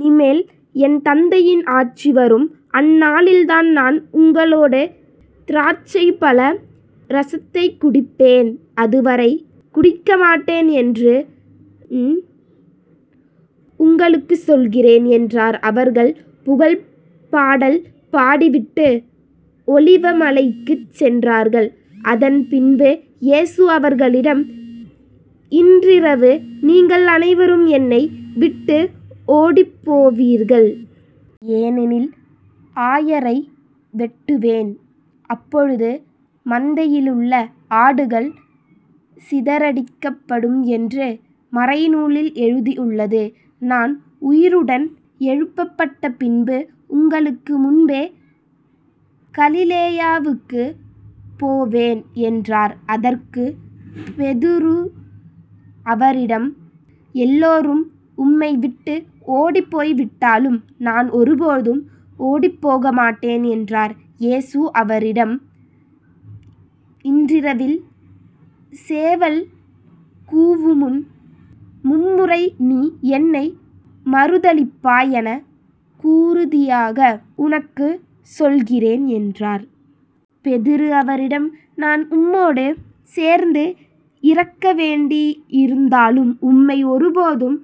இனிமேல் என் தந்தையின் ஆட்சி வரும் அந்நாளில்தான் நான் உங்களோடு திராட்சைப் பழ இரசத்தைக் குடிப்பேன் அதுவரை குடிக்கமாட்டேன் என்று நான் உங்களுக்குச் சொல்கிறேன்" என்றார். அவர்கள் புகழ்ப் பாடல் பாடிவிட்டு ஒலிவ மலைக்குச் சென்றார்கள். அதன்பின்பு இயேசு அவர்களிடம்,"இன்றிரவு நீங்கள் அனைவரும் என்னை விட்டு ஓடிப்போவீர்கள். ஏனெனில்"ஆயரை வெட்டுவேன், அப்போது மந்தையிலுள்ள ஆடுகள் சிதறடிக்கப்படும்" என்று மறைநூலில் எழுதியுள்ளது. நான் உயிருடன் எழுப்பப்பட்ட பின்பு உங்களுக்கு முன்பே கலிலேயாவுக்குப் போவேன்" என்றார். அதற்குப் பேதுரு அவரிடம்,"எல்லாரும் உம்மை விட்டு ஓடிப் போய்விட்டாலும் நான் ஒரு போதும் ஓடிப்போக மாட்டேன்" என்றார். இயேசு அவரிடம்,"இன்றிரவில் சேவல் கூவுமுன் மும்முறை நீ என்னை மறுதலிப்பாய் என உறுதியாக உனக்குச் சொல்கிறேன்" என்றார். பேதுரு அவரிடம்,"நான் உம்மோடு சேர்ந்து இறக்க வேண்டியிருந்தாலும் உம்மை ஒருபோதும்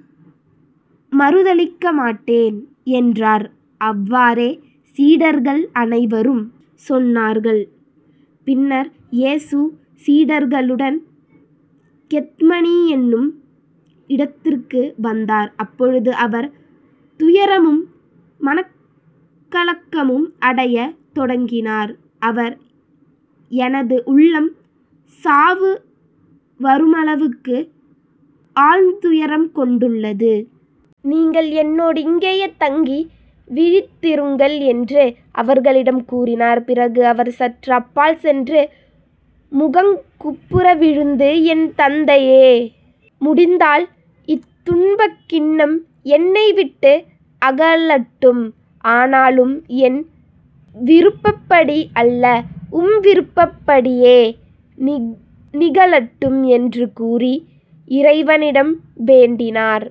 மறுதலிக்க மாட்டேன்" என்றார். அவ்வாறே சீடர்கள் அனைவரும் சொன்னார்கள். பின்னர் இயேசு சீடர்களுடன் கெத்மனி என்னும் இடத்திற்கு வந்தார். அப்போது அவர் துயரமும் மனக்கலக்கமும் அடையத் தொடங்கினார். அவர்,"எனது உள்ளம் சாவு வருமளவுக்கு ஆழ்துயரம் கொண்டுள்ளது. நீங்கள் என்னோடு இங்கேயே தங்கி விழித்திருங்கள்" என்று அவர்களிடம் கூறினார். பிறகு அவர் சற்று அப்பால் சென்று முகங்குப்புற விழுந்து," என் தந்தையே, முடிந்தால் இத்துன்பக் கிண்ணம் என்னை விட்டு அகலட்டும். ஆனாலும் என் விருப்பப்படி அல்ல, உம் விருப்பப் படியே நிகழட்டும்"என்று கூறி இறைவனிடம் வேண்டினார்.